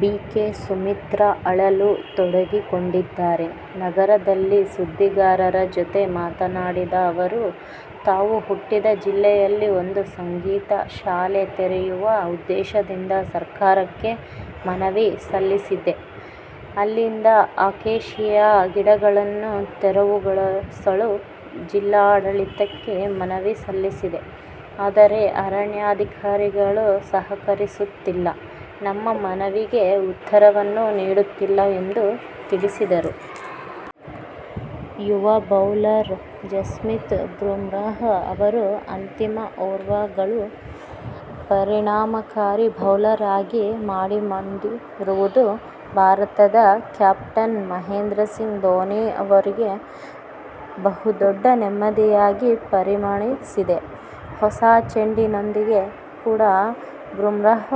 BK. Sumitra ಅಳಲು ತೋಡಿಕೊಂಡಿದ್ದಾರೆ. ನಗರದಲ್ಲಿ ಸುದ್ದಿಗಾರರ ಜತೆ ಮಾತನಾಡಿದ ಅವರು, ತಾವು ಹುಟ್ಟಿದ ಜಿಲ್ಲೆಯಲ್ಲಿ ಒಂದು ಸಂಗೀತ ಶಾಲೆ ತೆರೆಯುವ ಉದ್ದೇಶದಿಂದ ಸರ್ಕಾರಕ್ಕೆ ಮನವಿ ಸಲ್ಲಿಸಿದ್ದೆ. ಅಲ್ಲಿದ್ದ ಅಕೇಶಿಯಾ ಗಿಡಗಳನ್ನು ತೆರವುಗೊಳಿಸಲು ಜಿಲ್ಲಾಡಳಿತಕ್ಕೆ ಮನವಿ ಸಲ್ಲಿಸಿದ್ದೆ. ಆದರೆ ಅರಣ್ಯಾಧಿಕಾರಿಗಳು ಸಹಕರಿಸುತ್ತಿಲ್ಲ, ನಮ್ಮ ಮನವಿಗೆ ಉತ್ತರವನ್ನೂ ನೀಡುತ್ತಿಲ್ಲ ಎಂದು ತಿಳಿಸಿದರು. ಯುವ ಬೌಲರ್ ಜಸ್ಪ್ರೀತ್ ಬುಮ್ರಾಹ್ ಅವರು "ಅಂತಿಮ ಓವರ್ಗಳ' ಪರಿಣಾಮಕಾರಿ ಬೌಲರ್ ಆಗಿ ಮೂಡಿಬಂದಿರುವುದು ಭಾರತದ ಕ್ಯಾಪ್ಟನ್ ಮಹೇಂದ್ರ ಸಿಂಗ್ ಧೋನಿ ಅವರಿಗೆ ಬಹುದೊಡ್ಡ ನೆಮ್ಮದಿಯಾಗಿ ಪರಿಣಮಿಸಿದೆ. ಹೊಸ ಚೆಂಡಿನೊಂದಿಗೆ ಕೂಡ ಬುಮ್ರಾಹ್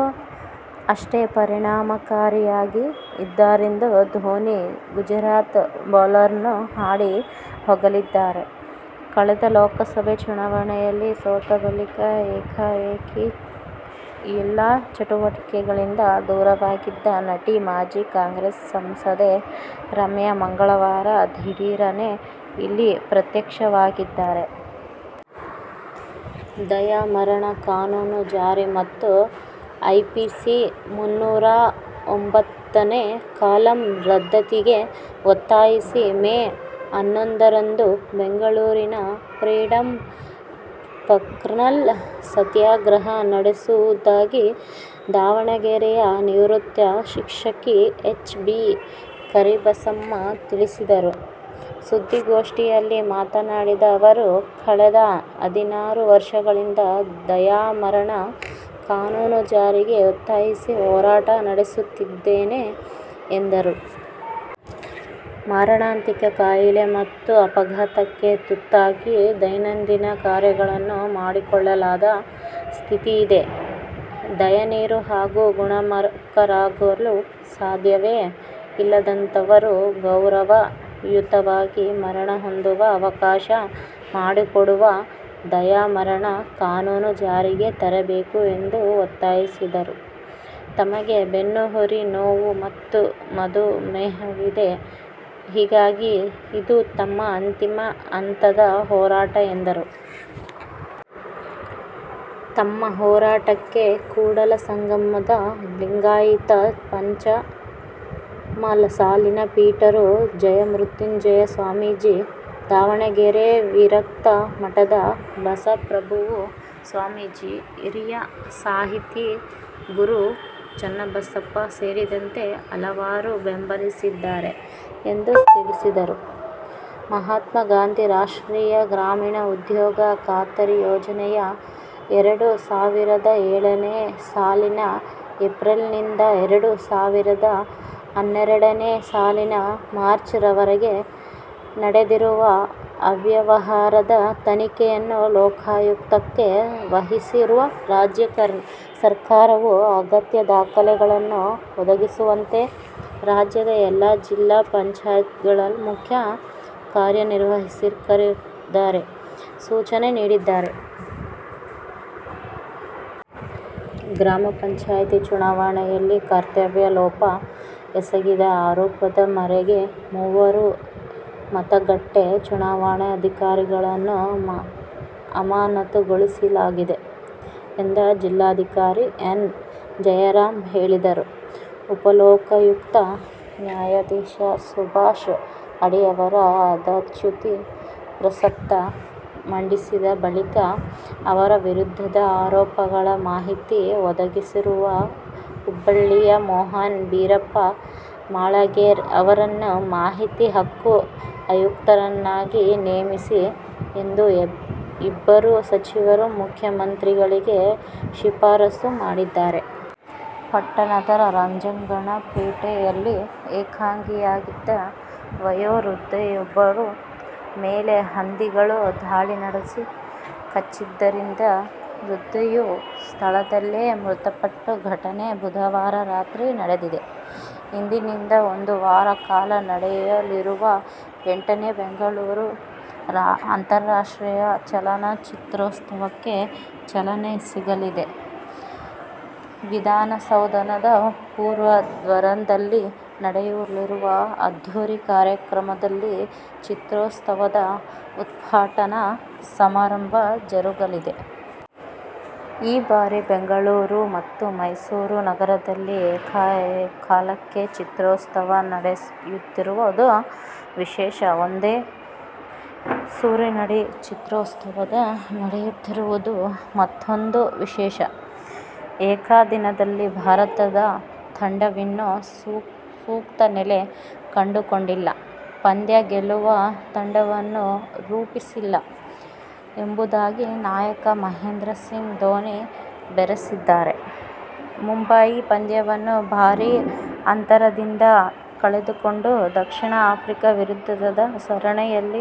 ಅಷ್ಟೇ ಪರಿಣಾಮಕಾರಿಯಾಗಿದ್ದಾರೆಂದು ಧೋನಿ ಗುಜರಾತ್ ಬೌಲರ್ನನ್ನು ಹಾಡಿ ಹೊಗಳಿದ್ದಾರೆ. ಕಳೆದ ಲೋಕಸಭೆ ಚುನಾವಣೆಯಲ್ಲಿ ಸೋತ ಬಳಿಕ ಏಕಾಏಕಿ ಎಲ್ಲ ಚಟುವಟಿಕೆಗಳಿಂದ ದೂರವಾಗಿದ್ದ ನಟಿ, ಮಾಜಿ ಕಾಂಗ್ರೆಸ್ ಸಂಸದೆ ರಮ್ಯಾ ಮಂಗಳವಾರ ದಿಢೀರನೇ ಇಲ್ಲಿ ಪ್ರತ್ಯಕ್ಷವಾಗಿದ್ದಾರೆ. ದಯಾಮರಣ ಕಾನೂನು ಜಾರಿ ಮತ್ತು ಐಪಿಸಿ ಮುನ್ನೂರ ಒಂಬತ್ತನೇ ಕಲಂ ರದ್ದತಿಗೆ ಒತ್ತಾಯಿಸಿ ಮೇ ಹನ್ನೊಂದರಂದು ಬೆಂಗಳೂರಿನ ಫ್ರೀಡಂ ಪಾರ್ಕ್ನಲ್ಲಿ ಸತ್ಯಾಗ್ರಹ ನಡೆಸುವುದಾಗಿ ದಾವಣಗೆರೆಯ ನಿವೃತ್ತ ಶಿಕ್ಷಕಿ ಎಚ್. ಬಿ. ಕರಿಬಸಮ್ಮ ತಿಳಿಸಿದರು. ಸುದ್ದಿಗೋಷ್ಠಿಯಲ್ಲಿ ಮಾತನಾಡಿದ ಅವರು, ಕಳೆದ ಹದಿನಾರು ವರ್ಷಗಳಿಂದ ದಯಾಮರಣ ಕಾನೂನು ಜಾರಿಗೆ ಒತ್ತಾಯಿಸಿ ಹೋರಾಟ ನಡೆಸುತ್ತಿದ್ದೇನೆ ಎಂದರು. ಮಾರಣಾಂತಿಕ ಕಾಯಿಲೆ ಮತ್ತು ಅಪಘಾತಕ್ಕೆ ತುತ್ತಾಗಿ ದೈನಂದಿನ ಕಾರ್ಯಗಳನ್ನು ಮಾಡಿಕೊಳ್ಳಲಾಗದ ಸ್ಥಿತಿಯಿದೆ. ದಯನೀಯ ಹಾಗೂ ಗುಣಮುಖರಾಗಲು ಸಾಧ್ಯವೇ ಇಲ್ಲದಂತಹವರು ಗೌರವಯುತವಾಗಿ ಮರಣ ಹೊಂದುವ ಅವಕಾಶ ಮಾಡಿಕೊಡುವ ದಯಾಮರಣ ಕಾನೂನು ಜಾರಿಗೆ ತರಬೇಕು ಎಂದು ಒತ್ತಾಯಿಸಿದರು. ತಮಗೆ ಬೆನ್ನುಹುರಿ ನೋವು ಮತ್ತು ಮಧುಮೇಹವಿದೆ. ಹೀಗಾಗಿ ಇದು ತಮ್ಮ ಅಂತಿಮ ಹಂತದ ಹೋರಾಟ ಎಂದರು. ತಮ್ಮ ಹೋರಾಟಕ್ಕೆ ಕೂಡಲಸಂಗಮದ ಲಿಂಗಾಯತ ಪಂಚಮಸಾಲಿ ಪೀಠದ ಜಯಮೃತ್ಯುಂಜಯ ಸ್ವಾಮೀಜಿ, ದಾವಣಗೆರೆ ವಿರಕ್ತ ಮಠದ ಬಸವಪ್ರಭು ಸ್ವಾಮೀಜಿ, ಹಿರಿಯ ಸಾಹಿತಿ ಗೊ. ರು. ಚನ್ನಬಸಪ್ಪ ಸೇರಿದಂತೆ ಹಲವರು ಬೆಂಬಲಿಸಿದ್ದಾರೆ ಎಂದು ತಿಳಿಸಿದರು. ಮಹಾತ್ಮ ಗಾಂಧಿ ರಾಷ್ಟ್ರೀಯ ಗ್ರಾಮೀಣ ಉದ್ಯೋಗ ಖಾತರಿ ಯೋಜನೆಯಲ್ಲಿ ಎರಡು ಸಾವಿರದ ಏಳನೇ ಸಾಲಿನ ಏಪ್ರಿಲ್ನಿಂದ ಎರಡು ಸಾವಿರದ ಹನ್ನೆರಡನೇ ಸಾಲಿನ ಮಾರ್ಚ್ವರವರಗೆ ನಡೆದಿರುವ ಅವ್ಯವಹಾರದ ತನಿಖೆಯನ್ನು ಲೋಕಾಯುಕ್ತಕ್ಕೆ ವಹಿಸಿರುವ ರಾಜ್ಯ ಸರ್ಕಾರವು ಅಗತ್ಯ ದಾಖಲೆಗಳನ್ನು ಒದಗಿಸುವಂತೆ ರಾಜ್ಯದ ಎಲ್ಲಾ ಜಿಲ್ಲಾ ಪಂಚಾಯತ್ಗಳ ಮುಖ್ಯ ಕಾರ್ಯನಿರ್ವಾಹಕರಿಗೆ ಸೂಚನೆ ನೀಡಿದೆ. ಗ್ರಾಮ ಪಂಚಾಯಿತಿ ಚುನಾವಣೆಯಲ್ಲಿ ಕರ್ತವ್ಯ ಲೋಪ ಎಸಗಿದ ಆರೋಪದ ಮೇರೆಗೆ ಮೂವರು ಮತಗಟ್ಟೆ ಚುನಾವಣಾಧಿಕಾರಿಗಳನ್ನು ಅಮಾನತುಗೊಳಿಸಲಾಗಿದೆ ಎಂದು ಜಿಲ್ಲಾಧಿಕಾರಿ ಎನ್. ಜಯರಾಮ್ ಹೇಳಿದರು. ಉಪಲೋಕಾಯುಕ್ತ ನ್ಯಾಯಾಧೀಶ ಸುಭಾಷ್ ಅಡಿ ಅವರ ಪದಚ್ಯುತಿ ಪ್ರಸ್ತಾಪ ಮಂಡಿಸಿದ ಬಳಿಕ ಅವರ ವಿರುದ್ಧದ ಆರೋಪಗಳ ಮಾಹಿತಿ ಒದಗಿಸಿರುವ ಹುಬ್ಬಳ್ಳಿಯ ಮೋಹನ್ ಬೀರಪ್ಪ ಮಾಳಗೇರ್ ಅವರನ್ನು ಮಾಹಿತಿ ಹಕ್ಕು ಆಯುಕ್ತರನ್ನಾಗಿ ನೇಮಿಸಿ ಎಂದು ಇಬ್ಬರು ಸಚಿವರು ಮುಖ್ಯಮಂತ್ರಿಗಳಿಗೆ ಶಿಫಾರಸು ಮಾಡಿದ್ದಾರೆ. ಪಟ್ಟಣದ ರಜಂಗಳ ಪೇಟೆಯಲ್ಲಿ ಏಕಾಂಗಿಯಾಗಿದ್ದ ವಯೋವೃದ್ಧೆಯೊಬ್ಬರ ಮೇಲೆ ಹಂದಿಗಳು ದಾಳಿ ನಡೆಸಿ ಕಚ್ಚಿದ್ದರಿಂದ ವೃದ್ಧೆಯು ಸ್ಥಳದಲ್ಲೇ ಮೃತಪಟ್ಟ ಘಟನೆ ಬುಧವಾರ ರಾತ್ರಿ ನಡೆದಿದೆ. ಇಂದಿನಿಂದ ಒಂದು ವಾರ ಕಾಲ ನಡೆಯಲಿರುವ ಎಂಟನೇ ಬೆಂಗಳೂರು ಅಂತಾಷ್ಟ್ರೀಯ ಚಲನಚಿತ್ರೋತ್ಸವಕ್ಕೆ ಚಾಲನೆ ಸಿಗಲಿದೆ. ವಿಧಾನಸೌಧದ ಪೂರ್ವ ದ್ವಾರದಲ್ಲಿ ನಡೆಯಲಿರುವ ಅದ್ಧೂರಿ ಕಾರ್ಯಕ್ರಮದಲ್ಲಿ ಚಿತ್ರೋತ್ಸವದ ಉದ್ಘಾಟನಾ ಸಮಾರಂಭ ಜರುಗಲಿದೆ. ಈ ಬಾರಿ ಬೆಂಗಳೂರು ಮತ್ತು ಮೈಸೂರು ನಗರದಲ್ಲಿ ಏಕಕಾಲಕ್ಕೆ ಚಿತ್ರೋತ್ಸವ ನಡೆಯುತ್ತಿರುವುದು ವಿಶೇಷ. ಒಂದೇ ಸೂರಿನಡಿ ಚಿತ್ರೋತ್ಸವ ನಡೆಯುತ್ತಿರುವುದು ಮತ್ತೂಂದು ವಿಶೇಷ. ಏಕದಿನದಲ್ಲಿ ಭಾರತ ತಂಡವಿನ್ನೂ ಸೂಕ್ತ ನೆಲೆ ಕಂಡುಕೊಂಡಿಲ್ಲ, ಪಂದ್ಯ ಗೆಲ್ಲುವ ತಂಡವನ್ನು ರೂಪಿಸಿಲ್ಲ ಎಂಬುದಾಗಿ ನಾಯಕ ಮಹೇಂದ್ರ ಸಿಂಗ್ ಧೋನಿ ಬೇಸರಿಸಿದ್ದಾರೆ. ಮುಂಬಯಿ ಪಂದ್ಯವನ್ನು ಭಾರೀ ಅಂತರದಿಂದ ಕಳೆದುಕೊಂಡು, ದಕ್ಷಿಣ ಆಫ್ರಿಕಾ ವಿರುದ್ಧದ ಸರಣಿಯನ್ನು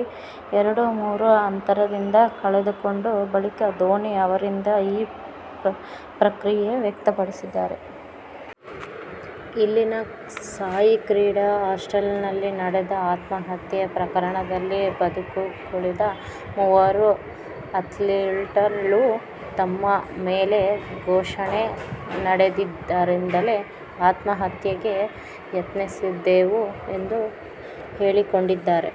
ಎರಡು-ಮೂರು ಅಂತರದಿಂದ ಕಳೆದುಕೊಂಡ ಬಳಿಕ ಧೋನಿ ಅವರಿಂದ ಈ ಪ್ರತಿಕ್ರಿಯೆ ವ್ಯಕ್ತವಾಗಿದೆ. ಇಲ್ಲಿನ ಸಾಯ್ ಕ್ರೀಡಾ ಹಾಸ್ಟೆಲ್ನಲ್ಲಿ ನಡೆದ ಆತ್ಮಹತ್ಯೆ ಪ್ರಕರಣದಲ್ಲಿ ಬದುಕುಳಿದ ಮೂವರು ಅಥ್ಲೀಟ್ಗಳು ತಮ್ಮ ಮೇಲೆ ಶೋಷಣೆ ನಡೆದಿದ್ದರಿಂದಲೇ ಆತ್ಮಹತ್ಯೆಗೆ ಯತ್ನಿಸಿದೆವು ಎಂದು ಹೇಳಿಕೊಂಡಿದ್ದಾರೆ.